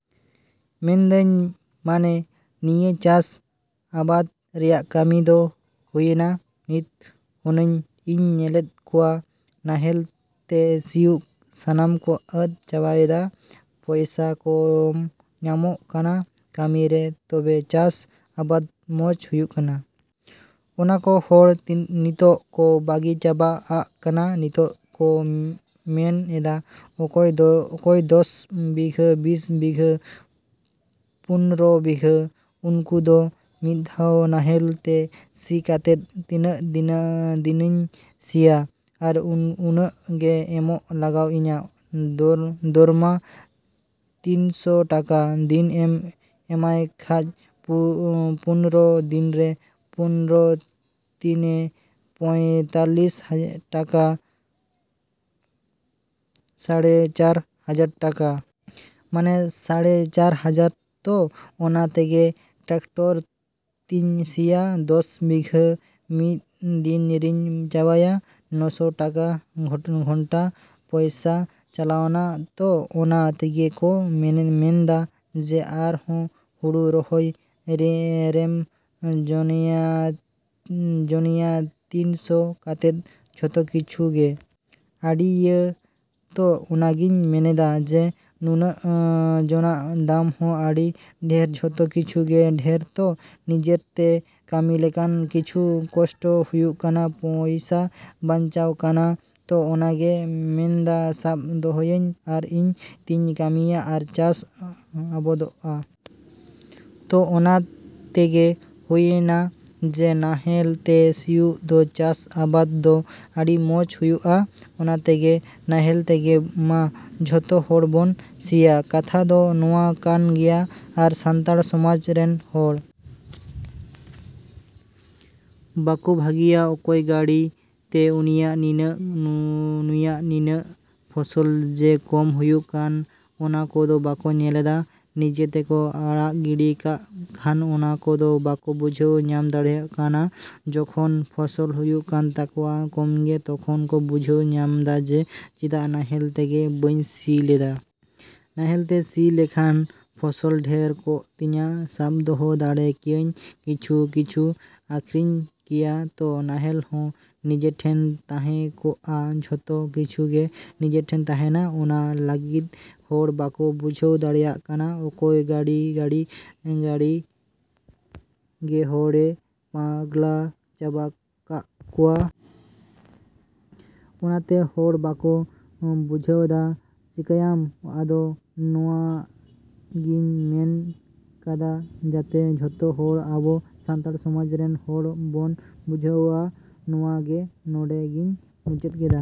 ᱢᱮᱱᱫᱟᱹᱧ ᱢᱟᱱᱮ ᱱᱤᱭᱟᱹ ᱪᱟᱥ ᱟᱵᱟᱫᱽ ᱨᱮᱭᱟᱜ ᱠᱟᱹᱢᱤ ᱫᱚ ᱦᱩᱭᱱᱟ ᱱᱤᱛ ᱦᱩᱱᱟ.ᱧ ᱤᱧ ᱧᱮᱞᱮᱫ ᱠᱚᱣᱟ ᱱᱟᱦᱮᱞ ᱛᱮ ᱥᱤᱭᱳᱜ ᱥᱟᱱᱟᱢ ᱠᱚ ᱟᱫ ᱪᱟᱵᱟᱭᱫᱟ᱾ ᱯᱚᱭᱥᱟ ᱠᱚᱢ ᱧᱟᱢᱚᱜ ᱠᱟᱱᱟ ᱠᱟᱹᱢᱤ ᱨᱮ ᱛᱚᱵᱮ ᱪᱟᱥ ᱟᱵᱟᱫᱽ ᱢᱚᱡᱽ ᱦᱩᱭᱩᱜ ᱠᱟᱱᱟ ᱾ ᱚᱱᱟ ᱠᱚ ᱦᱚᱲ ᱱᱤᱛᱚᱜ ᱠᱚ ᱵᱟᱹᱜᱤ ᱪᱟᱵᱟ ᱟᱜ ᱠᱟᱱᱟ᱾ ᱱᱤᱛᱚᱜ ᱠᱚ ᱢᱮᱱ ᱮᱫᱟ ᱚᱠᱚᱭ ᱫᱚᱥ ᱵᱤᱜᱷᱟᱹ ᱵᱤᱥ ᱵᱤᱜᱷᱟᱹ ᱯᱚᱱᱨᱚ ᱵᱤᱜᱷᱟᱹ ᱩᱱᱠᱩ ᱫᱚ ᱢᱤᱫ ᱫᱷᱟᱣ ᱱᱟᱦᱮᱞ ᱛᱮ ᱥᱤ ᱠᱟᱛᱮᱫ ᱛᱤᱱᱟᱹᱜ ᱫᱤᱱᱤᱧ ᱥᱤᱭᱟ? ᱟᱨ ᱩᱱᱟᱹᱜ ᱜᱮ ᱮᱢᱚᱜ ᱞᱟᱜᱟᱣ ᱤᱧᱟᱹ ᱫᱚᱨᱢᱟ ᱛᱤᱱᱥᱚ ᱴᱟᱠᱟ ᱫᱤᱱ ᱮᱢ ᱮᱢᱟᱭ ᱠᱷᱟᱡ ᱯᱚᱱᱨᱚ ᱫᱤᱱᱨᱮ ᱯᱚᱱᱨᱚ ᱛᱤᱱᱮ ᱯᱚᱸᱭᱛᱟᱞᱞᱤᱥ ᱴᱟᱠᱟ ᱥᱟᱲᱮ ᱪᱟᱨ ᱦᱟᱡᱟᱨ ᱴᱟᱠᱟ। ᱢᱟᱱᱮ ᱥᱟᱲᱮ ᱪᱟᱹᱨ ᱦᱟᱡᱟᱨ ᱛᱚ ᱚᱱᱟ ᱛᱮᱜᱮ ᱴᱨᱮᱠᱴᱚᱨ ᱛᱤᱧ ᱥᱤᱭᱟ ᱫᱚᱥ ᱵᱤᱜᱷᱟᱹ ᱢᱤᱫ ᱫᱤᱱ ᱨᱤᱧ ᱪᱟᱵᱟᱭᱟ। ᱱᱚᱥᱚ ᱴᱟᱠᱟ ᱜᱷᱚᱱᱴᱟ ᱯᱚᱭᱥᱟ ᱪᱟᱞᱟᱣᱱᱟ ᱛᱚ ᱚᱱᱟ ᱛᱮᱜᱮ ᱠᱚ ᱢᱮᱱᱫᱟ ᱡᱮ ᱟᱨ ᱦᱚ ᱦᱩᱲᱩ ᱨᱚᱦᱚᱭ ᱨᱮᱢ ᱡᱚᱱᱮᱭᱟ ᱡᱚᱱᱮᱭᱟ ᱛᱤᱱᱥᱚ ᱠᱟᱛᱮᱫ ᱡᱚᱛᱚ ᱠᱤᱪᱷᱩ ᱜᱮ। ᱟᱹᱰᱤ ᱤᱭᱟᱹ ᱛᱚ ᱚᱱᱟᱜᱤᱧ ᱢᱮᱱᱫᱟ ᱡᱮ ᱱᱩᱱᱟ.ᱜ ᱡᱚᱱᱟᱜ ᱫᱟᱢ ᱦᱚᱸ ᱟᱹᱰᱤ ᱰᱷᱮᱨ ᱡᱚᱛᱚ ᱠᱤᱪᱷᱩ ᱜᱮ ᱰᱷᱮᱨ ᱛᱚ ᱱᱤᱡᱮᱨ ᱛᱮ ᱠᱟᱹᱢᱤ ᱞᱮᱠᱷᱟᱱ ᱠᱤᱪᱷᱩ ᱠᱚᱥᱴᱚ ᱦᱩᱭᱩᱜ ᱠᱟᱱᱟ ᱯᱚᱭᱥᱟ ᱵᱟᱧᱪᱟᱜ ᱠᱟᱱᱟ ᱛᱚ ᱚᱱᱟᱜᱮ ᱢᱮᱱᱫᱟ ᱥᱟᱵ ᱫᱚᱦᱚᱭᱟᱹᱧ ᱟᱨ ᱤᱧ ᱛᱤᱧ ᱠᱟᱹᱢᱤᱭᱟ ᱟᱨ ᱪᱟᱥ ᱟᱵᱟᱫᱚᱜᱼᱟ। ᱛᱚ ᱚᱱᱟ ᱛᱮᱜᱮ ᱦᱩᱭᱱᱟ ᱡᱮ ᱱᱟᱦᱮᱞ ᱛᱮ ᱥᱤᱭᱳᱜ ᱫᱚ ᱪᱟᱥᱼᱟᱵᱟᱫᱽ ᱫᱚ ᱟᱹᱰᱤ ᱢᱚᱡᱽ ᱦᱩᱭᱩᱜᱼᱟ ᱚᱱᱟ ᱛᱮᱜᱮ ᱱᱟᱦᱮᱞ ᱛᱮᱜᱮ ᱢᱟ ᱡᱚᱛᱚ ᱦᱚᱲ ᱵᱚᱱ ᱥᱤᱭᱟ। ᱠᱟᱛᱷᱟ ᱫᱚ ᱱᱚᱣᱟ ᱠᱟᱱ ᱜᱮᱭᱟ ᱟᱨ ᱥᱟᱱᱛᱟᱲ ᱥᱚᱢᱟᱡᱽ ᱨᱮᱱ ᱦᱚᱲ ᱵᱟᱠᱚ ᱵᱷᱟᱹᱜᱤᱭᱟ ᱚᱠᱚᱭ ᱜᱟᱹᱰᱤ ᱛᱮ ᱩᱱᱤᱭᱟᱜ ᱱᱤᱱᱟᱹᱜ ᱱᱩᱭᱟᱜ ᱱᱤᱱᱟᱹᱜ ᱯᱷᱚᱥᱚᱞ ᱡᱮ ᱠᱚᱢ ᱦᱩᱭᱩᱜ ᱠᱟᱱ ᱚᱱᱟ ᱠᱚᱫᱚ ᱵᱟᱠᱚ ᱧᱮᱞᱫᱟ ᱱᱤᱡᱮ ᱛᱮᱠᱚ ᱟᱲᱟᱜ ᱜᱤᱰᱤ ᱠᱟᱜ ᱠᱷᱟᱱ ᱚᱱᱟ ᱠᱚᱫᱚ ᱵᱟᱠᱚ ᱵᱩᱡᱷᱟᱹᱣ ᱧᱟᱢ ᱫᱟᱲᱮᱭᱟᱜ ᱠᱟᱱᱟ ᱡᱚᱠᱷᱚᱱ ᱯᱷᱚᱥᱚᱞ ᱦᱩᱭᱩᱜ ᱠᱟᱱ ᱛᱟᱠᱚᱣᱟ ᱠᱚᱢᱜᱮ ᱛᱚᱠᱷᱚᱱ ᱠᱚ ᱵᱩᱡᱷᱟᱹᱣ ᱧᱟᱢᱫᱟ ᱡᱮ ᱪᱮᱫᱟᱜ ᱱᱟᱦᱮᱞ ᱛᱮᱜᱮ ᱵᱟᱹᱧ ᱥᱤ ᱞᱮᱫᱟ। ᱱᱟᱦᱮᱞ ᱛᱮ ᱥᱤ ᱞᱮᱠᱷᱟᱱ ᱯᱷᱚᱥᱚᱞ ᱰᱷᱮᱨ ᱠᱚᱜ ᱛᱤᱧᱟᱹ ᱥᱟᱵ ᱫᱚᱦᱚ ᱫᱟᱲᱮ ᱠᱮᱭᱟᱧ ᱠᱤᱪᱷᱩ ᱠᱤᱪᱷᱩᱧ ᱟᱹᱠᱷᱨᱤᱧ ᱠᱮᱭᱟ ᱛᱚ ᱱᱟᱦᱮᱞ ᱦᱚᱸ ᱱᱤᱡᱮ ᱴᱷᱮᱱ ᱛᱟᱦᱮᱸ ᱠᱚᱜᱼᱟ ᱡᱚᱛᱚ ᱠᱤᱪᱷᱩ ᱜᱮ ᱱᱤᱡᱮ ᱴᱷᱮᱱ ᱛᱟᱦᱮᱱᱟ। ᱚᱱᱟ ᱞᱟᱹᱜᱤᱫ ᱦᱚᱲ ᱵᱟᱠᱚ ᱵᱩᱡᱷᱟᱹᱣ ᱫᱟᱲᱮᱜ ᱠᱟᱱᱟ ᱚᱠᱚᱭ ᱜᱟᱹᱰᱤ ᱜᱟᱹᱰᱤ ᱜᱟᱹᱰᱤ ᱜᱟᱹᱰᱤ ᱜᱮ ᱦᱚᱲᱮ ᱯᱟᱜᱽᱞᱟ ᱪᱟᱵᱟ ᱠᱟᱜ ᱠᱚᱣᱟ। ᱚᱱᱟ ᱛᱮ ᱦᱚᱲ ᱵᱟᱠᱚ ᱵᱩᱡᱷᱟᱹᱣᱫᱟ ᱪᱮᱠᱟᱭᱭᱟᱢ? ᱟᱫᱚ ᱱᱚᱣᱟ ᱜᱤᱧ ᱢᱮᱱ ᱠᱟᱫᱟ ᱡᱟᱛᱮ ᱡᱚᱛᱚ ᱦᱚᱲ ᱟᱵᱚ ᱥᱟᱱᱛᱟᱲ ᱥᱚᱢᱟᱡᱽ ᱨᱮᱱ ᱦᱚᱲ ᱵᱚᱱ ᱵᱩᱡᱷᱟᱹᱣ-ᱟ ᱱᱚᱣᱟ ᱜᱮ ᱱᱚᱰᱮ ᱜᱤᱧ ᱢᱩᱪᱟᱹᱫ ᱠᱟᱫᱟ।